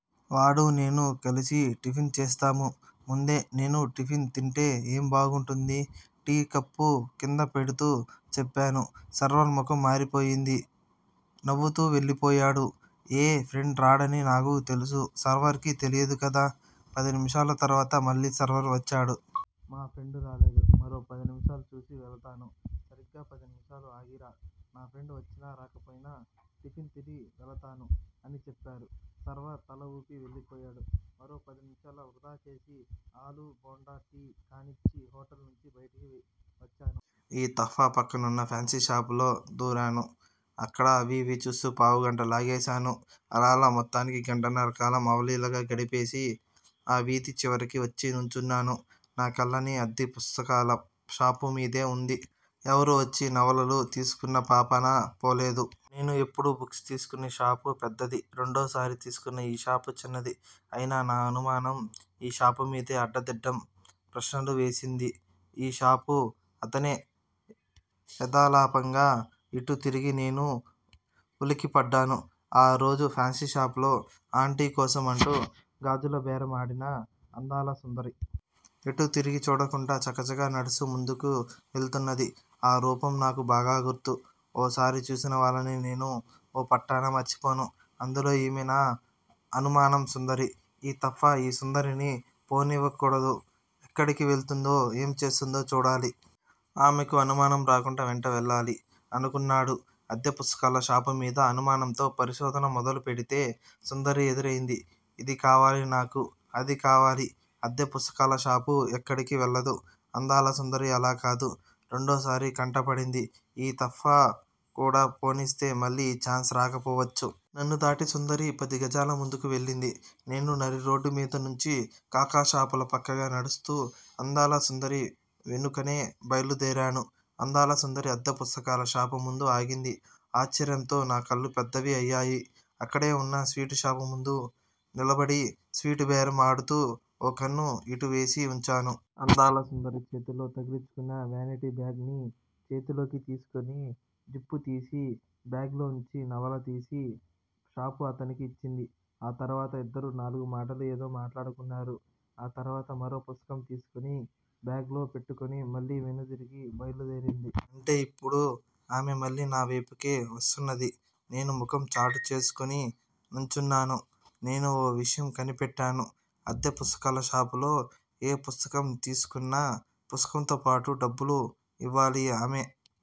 వాడూ నేనూ కలిసి టిఫిన్ చేస్తాము. ముందే నేను టిఫిన్ తింటే ఏం బాగుంటుంది! టీ కప్పు కింద పెడుతూ చెప్పాను. సర్వర్ ముఖం మారిపోయింది. నవ్వుతూ వెళ్ళిపోయాడు. ఏ ఫ్రెండూ రాడని నాకు తెలుసు. సర్వర్ కి తెలియదు కదా! పదినిమిషాల తర్వాత మళ్ళీ సర్వర్ వచ్చాడు. మా ఫ్రెండ్ రాలేదు. మరో పది నిమిషాలు చూసి వెళతాను. సరీగ పది నిమిషాలు ఆగిరా. నా ఫ్రెండ్ వచ్చినా రాకపోయినా టిఫెన్ తిని వెళతాను. అని చెప్పాను. సర్వర్ తలవూపి వెళ్ళిపోయాడు. మరో పది నిమిషాలు వృధాచేసి ఆ లూబోండాటీ కానిచ్చి హోటల్లోంచి బైటికి వచ్చాను. ఈ తఫా పక్కనున్న ఫాన్సీషాపులో దూరాను. అక్కడ అవీ ఇవీ చూస్తూ పావుగంట లాగేశాను. అలా అలా మొత్తానికి గంటన్నరకాలం అవలీలగా గడిపేసి ఆ వీధి చివరికి వచ్చి నుంచున్నాను. నా కళ్ళన్నీ అద్దె పుస్తకాల షాపుమీదే వుంది. ఎవరూ వచ్చి నవలలు తీసుకున్న పాపానపోలేదు. నేను ఎప్పుడూ బుక్స్ తీసుకునే షాపు పెద్దది. రెండోసారి తీసుకున్న ఈ షాపు చిన్నది. అయినా నా అనుమానం ఈ షాపుమీదే అడ్డదిడ్డం ప్రశ్నలు వేసింది ఈ షాపు అతనే. ఎదాలాపంగా ఇటు తిరిగిన నేను ఉలిక్కిపడ్డాను. ఆ రోజు ఫాన్సీషాపులో ఆంటీకోసం అంటూ గాజులు బేరం ఆడిన అందాల సుందరి. ఎటూ తిరిగి చూడకుండా చకచక నడుస్తూ ముందుకు వెళుతున్నది. ఆ రూపం నాకు బాగా గుర్తు. ఓసారి చూసిన వాళ్ళని నేను ఓ పట్టాన మర్చిపోను. అందులో ఈమె నా అనుమానం సుందరి. ఈ తఫా ఈ సుందరిని పోనీయకూడదు. ఎక్కడికి వెళుతుందో ఏం చేస్తుందో చూడాలి. ఆమెకి అనుమానం రాకుండా వెంట వెళ్ళాలి. అనుకున్నాడు. అద్దె పుస్తకాల షాపుమీద అనుమానంతో పరిశోధన మొదలు పెడితే సుందరి ఎదురయింది. ఇదీ కావాలి నాకు అదీ కావాలి. అద్దె పుస్తకాలషాపు ఎక్కడికీ వెళ్ళదు. అందాల సుందరి అలాకాదు. రెండోసారి కంటపడింది. ఈ తఫా కూడా పోనిస్తే మళ్ళీ యీ ఛాన్స్ రాకపోవచ్చు. నన్ను దాటి సుందరి పది గజాలుముందుకు వెళ్ళింది. నేను నడిరోడ్డు మీదనుంచి కాక షాపుల పక్కగా నడుస్తూ అందాల సుందరి వెనుకనే బైలుదేరాను. అందాల సుందరి అద్దె పుస్తకాల షాపుముందు ఆగింది. ఆశ్చర్యంతో నా కళ్ళు పెద్దవి అయ్యాయి. అక్కడేవున్న స్వీట్ షాపుముందు నిలబడి స్వీట్ బేరం ఆడుతూ ఓ కన్ను ఇటు వేసి వుంచాను. అందాల సుందరి చేతికి తగిలించుకున్న వ్యానిటీ బ్యాగ్ ని చేతిలోకి తీసుకుని జిప్పుతీసి బ్యాగ్ లోంచి నవలతీసి షాపు అతనికి ఇచ్చింది. ఆ తర్వాత ఇద్దరూ నాలుగు మాటలు ఏదో మాట్లాడుకున్నారు. ఆ తర్వాత మరో పుస్తకం తీసుకుని బ్యాగ్ లో పెట్టుకుని మళ్ళీ వెనుతిరిగి బైలుదేరింది. అంటే ఇప్పుడు ఆమె మళ్ళీ నా వేపుకే వస్తున్నది. నేను ముఖం చాటు చేసుకుని నుంచున్నాను. నేను ఓ విషయం కనిపెట్టాను. అద్దె పుస్తకాలషాపులో ఏ పుస్తకం తీసుకున్నా పుస్తకంతో పాటు డబ్బులు ఇవ్వాలి ఆమె